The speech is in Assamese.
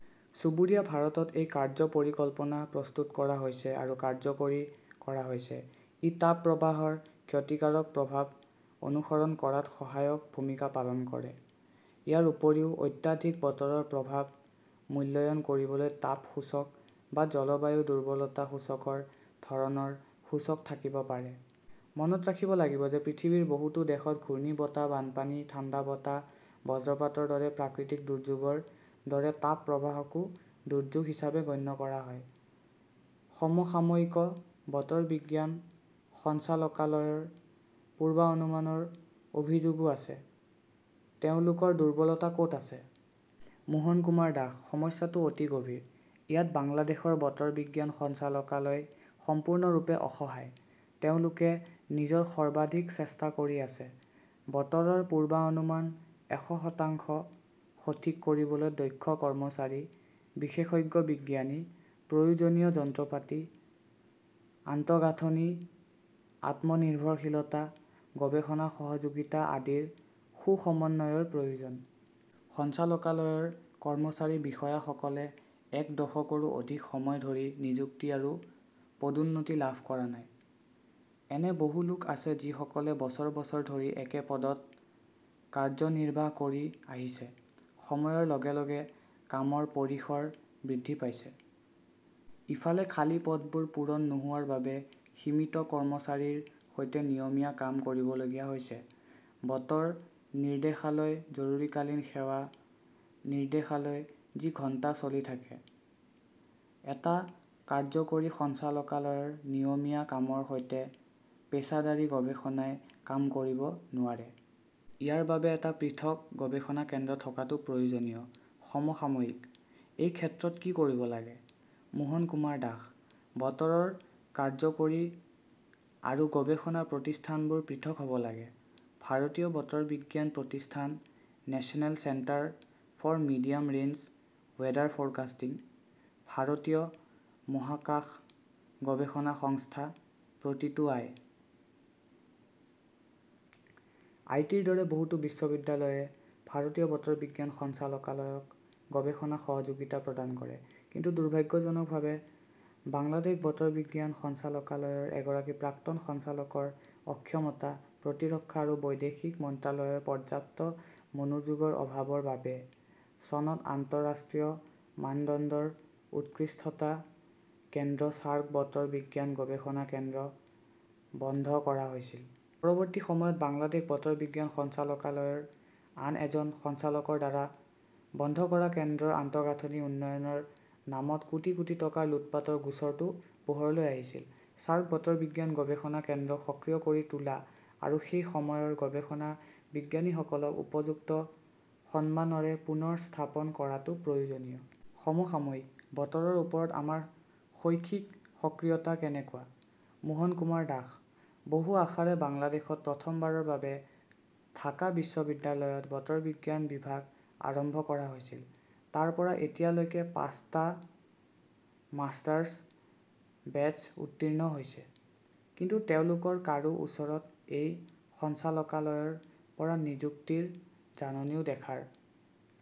চুবুৰীয়া ভাৰতত এই কাৰ্য্য পৰিকল্পনা প্ৰস্তুত কৰা হৈছে আৰু কাৰ্যকৰী কৰা হৈছে। ই তাপ প্ৰবাহৰ ক্ষতিকাৰক প্ৰভাৱ অনুসৰণ কৰাত সহায়ক ভূমিকা পালন কৰে। ইয়াৰ উপৰিও, অত্যাধিক বতৰৰ প্ৰভাৱ মূল্যায়ন কৰিবলৈ তাপ সূচক বা জলবায়ু দুৰ্বলতা সূচকৰ ধৰণৰ সূচক থাকিব পাৰে। মনত ৰাখিব লাগিব যে পৃথিৱীৰ বহুতো দেশত ঘূৰ্ণীবতাহ, বানপানী, ঠাণ্ডা বতাহ, বজ্ৰপাতৰ দৰে প্ৰাকৃতিক দুৰ্যোগৰ দৰে তাপ প্ৰবাহকো দুৰ্যোগ হিচাপে গণ্য কৰা হয়। সমসাময়িকঃ বতৰ বিজ্ঞান সঞ্চালকালয়ৰ পূৰ্বানুমানৰ অভিযোগও আছে। তেওঁলোকৰ দুৰ্বলতা ক "ত আছে? মোহন কুমাৰ দাসঃ সমস্যাটো অতি গভীৰ, ইয়াত বাংলাদেশৰ বতৰ বিজ্ঞান সঞ্চালকালয় সম্পূৰ্ণৰূপে অসহায়। তেওঁলোকে নিজৰ সৰ্বাধিক চেষ্টা কৰি আছে। বতৰৰ পূৰ্বানুমান এশ শতাংশ সঠিক কৰিবলৈ দক্ষ কৰ্মচাৰী, বিশেষজ্ঞ বিজ্ঞানী, প্ৰয়োজনীয় যন্ত্ৰপাতি, আন্তঃগাঁথনি, আত্মনিৰ্ভৰশীলতা, গৱেষণা সহযোগিতা আদিৰ সু-সমন্বয়ৰ প্ৰয়োজন। সঞ্চালকালয়ৰ কৰ্মচাৰী-বিষয়াসকলে এক দশকৰো অধিক সময় ধৰি নিযুক্তি আৰু পদোন্নতি লাভ কৰা নাই। এনে বহু লোক আছে যিসকলে বছৰ বছৰ ধৰি একে পদত কাৰ্যনিৰ্বাহ কৰি আহিছে। সময়ৰ লগে লগে কামৰ পৰিসৰ বৃদ্ধি পাইছে! ইফালে, খালী পদবোৰ পূৰণ নোহোৱাৰ বাবে সীমিত কৰ্মচাৰীৰ সৈতে নিয়মীয়া কাম কৰিবলগীয়া হৈছে। বতৰ নিৰ্দেশালয় জৰুৰীকালীন সেৱা নিৰ্দেশালয় যি ঘণ্টা চলি থাকে। এটা কাৰ্য্যকৰী সঞ্চালকালয়ৰ নিয়মীয়া কামৰ সৈতে পেছাদাৰী গৱেষণাই কাম কৰিব নোৱাৰে! ইয়াৰ বাবে এটা পৃথক গৱেষণা কেন্দ্ৰ থকাটো প্ৰয়োজনীয়। সমসাময়িকঃ এই ক্ষেত্ৰত কি কৰিব লাগে? মোহন কুমাৰ দাশঃ বতৰৰ কাৰ্য্যকৰী আৰু গৱেষণা প্ৰতিষ্ঠানবোৰ পৃথক হ 'ব লাগে। ভাৰতীয় বতৰ বিজ্ঞান প্ৰতিষ্ঠান, National Centre for Medium Range Weather Forecasting, ভাৰতীয় মহাকাশ গৱেষণা সংস্থা, প্ৰতিটো আই. আই. টি. -ৰ দৰে বহুতো বিশ্ববিদ্যালয়ে ভাৰতীয় বতৰ বিজ্ঞান সঞ্চালকালয়ক গৱেষণা সহযোগিতা প্ৰদান কৰে। কিন্তু দুৰ্ভাগ্যজনকভাৱে, বাংলাদেশ বতৰ বিজ্ঞান সঞ্চালকালয়ৰ এগৰাকী প্ৰাক্তন সঞ্চালকৰ অক্ষমতা, প্ৰতিৰক্ষা আৰু বৈদেশিক মন্ত্ৰালয়ৰ পৰ্যাপ্ত মনোযোগৰ অভাৱৰ বাবে চনত আন্তঃৰাষ্ট্ৰীয় মানদণ্ডৰ 'উৎকৃষ্টতা কেন্দ্ৰ' চাৰ্ক বতৰ বিজ্ঞান গৱেষণা কেন্দ্ৰ বন্ধ কৰা হৈছিল। পৰৱৰ্তী সময়ত বাংলাদেশ বতৰ বিজ্ঞান সঞ্চালকালয়ৰ আন এজন সঞ্চালকৰ দ্বাৰা বন্ধ কৰা কেন্দ্ৰৰ আন্তঃগাঁথনি উন্নয়নৰ নামত কোটি কোটি টকাৰ লুটপাটৰ গোচৰটো পোহৰলৈ আহিছিল। চাৰ্ক বতৰ বিজ্ঞান গৱেষণা কেন্দ্ৰক সক্ৰিয় কৰি তোলা আৰু সেই সময়ৰ গৱেষণা বিজ্ঞানীসকলক উপযুক্ত সন্মানৰে পুনৰ স্থাপন কৰাটো প্ৰয়োজনীয়। সমসাময়িকঃ বতৰৰ ওপৰত আমাৰ শৈক্ষিক সক্ৰিয়তা কেনেকুৱা? মোহন কুমাৰ দাশঃ বহু আশাৰে বাংলাদেশত প্ৰথমবাৰৰ বাবে ঢাকা বিশ্ববিদ্যালয়ত 'বতৰ বিজ্ঞান "বিভাগ আৰম্ভ কৰা হৈছিল। তাৰ পৰা এতিয়ালৈকে পাঁচটা মাষ্টাৰ্ছ বেচ উত্তীৰ্ণ হৈছে। কিন্তু তেওঁলোকৰ কাৰো ওচৰত এই সঞ্চালকালয়ৰ পৰা নিযুক্তিৰ জাননীও দেখাৰ